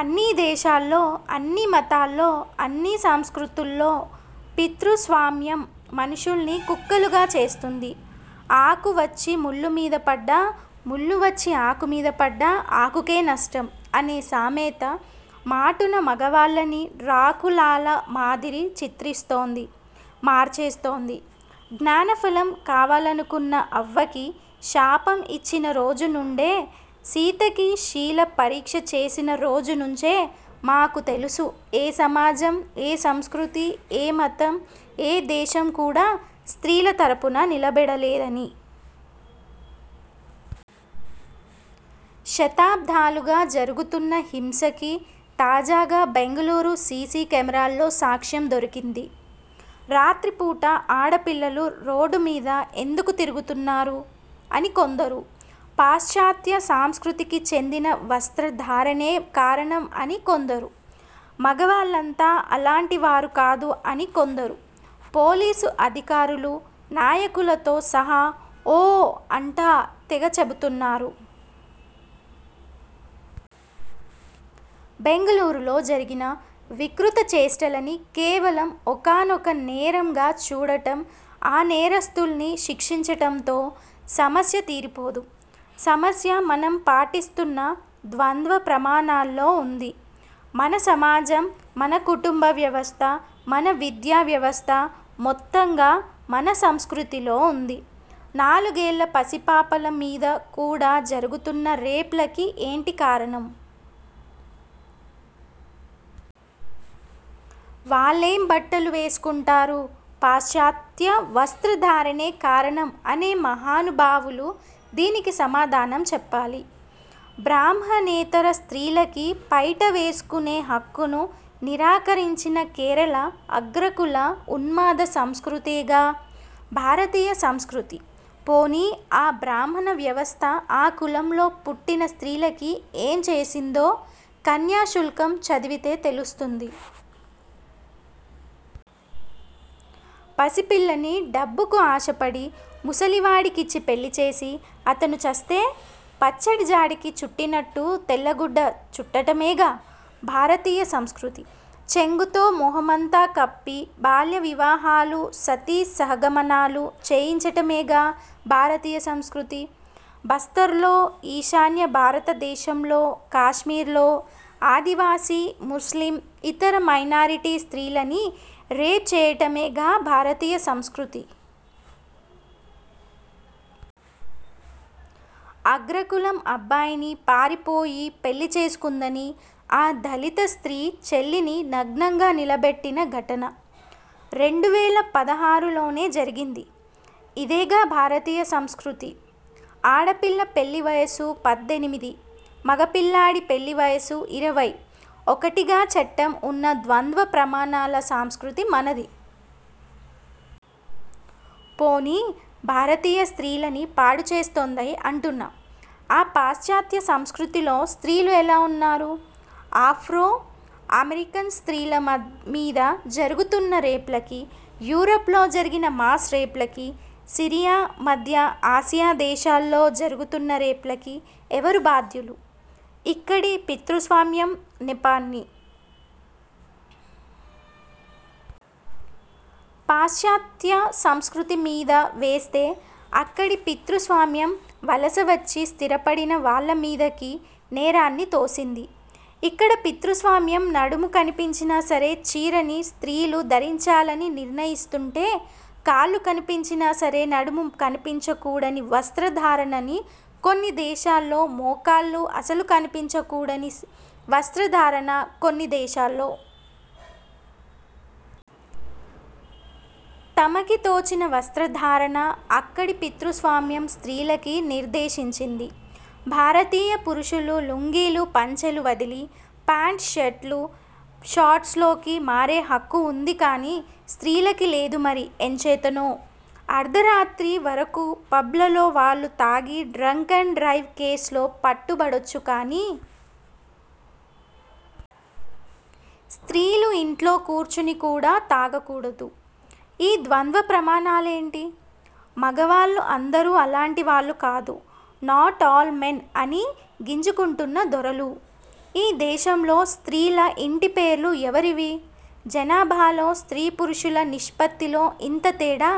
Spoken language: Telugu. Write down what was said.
అన్నీ దేశాల్లో, అన్నీ మతాల్లో, అన్నీ సంస్కృతుల్లో పితృస్వామ్యం మనుషుల్ని కుక్కలుగా చేస్తుంది. ఆకు వచ్చి ముల్లు మీద పడ్డా, ముల్లు వచ్చి ఆకు మీద పడ్డా ఆకుకే నష్టం' అనే సామెత మాటున మగవాళ్ళని డ్రాకులాల మాదిరి చిత్రిస్తోంది. మార్చేస్తోంది. 'జ్ఞానఫలం' కావాలనుకున్న అవ్వకి శాపం ఇచ్చిన రోజు నుండే సీతకి శీల పరీక్ష చేసిన రోజు నుంచే మాకు తెలుసు ఏ సమాజం, ఏ సంస్కృతి, ఏ మతం, ఏ దేశం కూడా స్త్రీల తరపున నిలబడలేదని. శతాబ్దాలుగా జరుగుతున్న హింసకి, తాజాగా బెంగుళూరు సీసీ కెమెరాల్లో సాక్ష్యం దొరికింది. 'రాత్రి పూట ఆడపిల్లలు రోడ్డు మీద ఎందుకు తిరుగుతున్నారు? ' అని కొందరు, 'పాశ్చాత్య సంస్కృతికి చెందిన వస్త్రధారణే కారణం' అని కొందరు, 'మగవాళ్ళంతా అలాంటి వారు కాదు' అని కొందరు.. పోలీసు అధికారులు, నాయకులతో సహా 'ఓ' అంటా తెగ చెబుతున్నారు. బెంగుళూరులో జరిగిన వికృత చేష్టలని కేవలం 'ఒకానొక నేరం'గా చూడటం, ఆ నేరస్థుల్ని శిక్షించటంతో.. సమస్య తీరిపోదు. సమస్య మనం పాటిస్తున్న ద్వంద్వ ప్రమాణాల్లో ఉంది. మన సమాజం, మన కుటుంబ వ్యవస్థ, మన విద్యా వ్యవస్థ.. మొత్తంగా మన 'సంస్కృతి'లో ఉంది. నాలుగేళ్ల పసిపాపల మీద కూడా జరుగుతున్న రేప్లకి ఏంటి కారణం? వాళ్లేం బట్టలు వేసుకుంటారు? పాశ్చాత్య వస్త్ర ధారణే కారణం అనే మహానుభావులు దీనికి సమాధానం చెప్పాలి. బ్రాహ్మణేతర స్త్రీలకి పైట వేసుకునే హక్కును నిరాకరించిన కేరళ అగ్రకుల ఉన్మాద సంస్కృతేగా.. భారతీయ సంస్కృతి. పోనీ ఆ బ్రాహ్మణ వ్యవస్థ ఆ కులంలో పుట్టిన స్త్రీలకి ఏం చేసిందో 'కన్యాశుల్కం' చదివితే, తెలుస్తుంది. పసిపిల్లని డబ్బుకు ఆశపడి, ముసలి వాడికిచ్చి పెళ్లిచేసి, అతను చస్తే.. పచ్చడి జాడికి చుట్టినట్టు తెల్ల గుడ్డ చుట్టటమేగా.. భారతీయ సంస్కృతి. చెంగుతో మొహమంతా కప్పి.. బాల్యవివాహాలు, సతీ సహగమనాలు చేయించటమేగా.. భారతీయ సంస్కృతి. బస్తర్లో, ఈశాన్య భారతదేశంలో, కాశ్మీర్లో.. ఆదివాసీ, ముస్లిం, ఇతర మైనారిటీ స్త్రీలని రేప్ చేయటమేగా భారతీయ సంస్కృతి. అగ్రకులం అబ్బాయిని పారిపోయి పెళ్లి చేసుకుందని, ఆ దళిత స్త్రీ చెల్లిని నగ్నంగా నిలబెట్టిన ఘటన.. రెండు వేల పదహారులోనే జరిగింది. ఇదేగా భారతీయ సంస్కృతి. ఆడపిల్ల పెళ్లి వయసు పద్దెనిమిది, మగపిల్లాడి పెళ్లి వయసు ఇరవై ఒకటిగా చట్టం ఉన్న ద్వంద్వ ప్రమాణాల సంస్కృతి మనది. పోనీ భారతీయ స్త్రీలని పాడు చేస్తోంది అంటున్న.. ఆ పాశ్చాత్య సంస్కృతిలో స్త్రీలు ఎలా ఉన్నారు? ఆఫ్రో- అమెరికన్ స్త్రీల మీద జరుగుతున్న రేప్లకి, యూరప్లో జరిగిన మాస్ రేప్లకి, సిరియా, మధ్య ఆసియా దేశాల్లో జరుగుతున్న రేప్లకి ఎవరు బాధ్యులు? 'ఇక్కడి' పితృస్వామ్యం నెపాన్ని.. పాశ్చాత్య సంస్కృతి మీద వేస్తే, 'అక్కడి' పితృస్వామ్యం వలసవచ్చి స్థిరపడిన వాళ్ళ మీదకి నేరాన్ని తోసింది. ఇక్కడి పితృస్వామ్యం నడుము కనిపించినా సరే, చీరని స్త్రీలు ధరించాలని నిర్ణయిస్తుంటే.. కాళ్ళు కనిపించినా సరే, నడుము కనిపించకూడని వస్త్రధారణని కొన్ని దేశాల్లో, మోకాళ్ళు అసలు కనిపించకూడని వస్త్రధారణ కొన్ని దేశాల్లో.. తమకి తోచిన వస్త్రధారణ అక్కడి పితృస్వామ్యం స్త్రీలకి నిర్దేశించింది. భారతీయ పురుషులు లుంగీలు, పంచెలు వదిలి.. ఫాంట్, షర్ట్లు, షార్ట్స్లోకి మారే హక్కు ఉంది కానీ.. స్త్రీలకి లేదు మరి ఎంచేతనో? అర్ధరాత్రి వరకు పబ్లలో వాళ్ళు తాగి, డ్రంక్ అండ్ డ్రైవ్ కేస్లో పట్టుబడొచ్చు కానీ.. స్త్రీలు ఇంట్లో కూర్చొని కూడా తాగకూడదు. ఈ ద్వంద్వ ప్రమాణాలేంటి? మగవాళ్ళు అందరూ అలాంటి వాళ్ళు కాదు, 'నాట్ అల్ మెన్' అని గింజుకుంటున్న దొరలూ.. ఈ దేశంలో స్త్రీల ఇంటి పేర్లు ఎవరివి? జనాభాలో స్త్రీ పురుషుల నిష్పత్తిలో ఇంత తేడా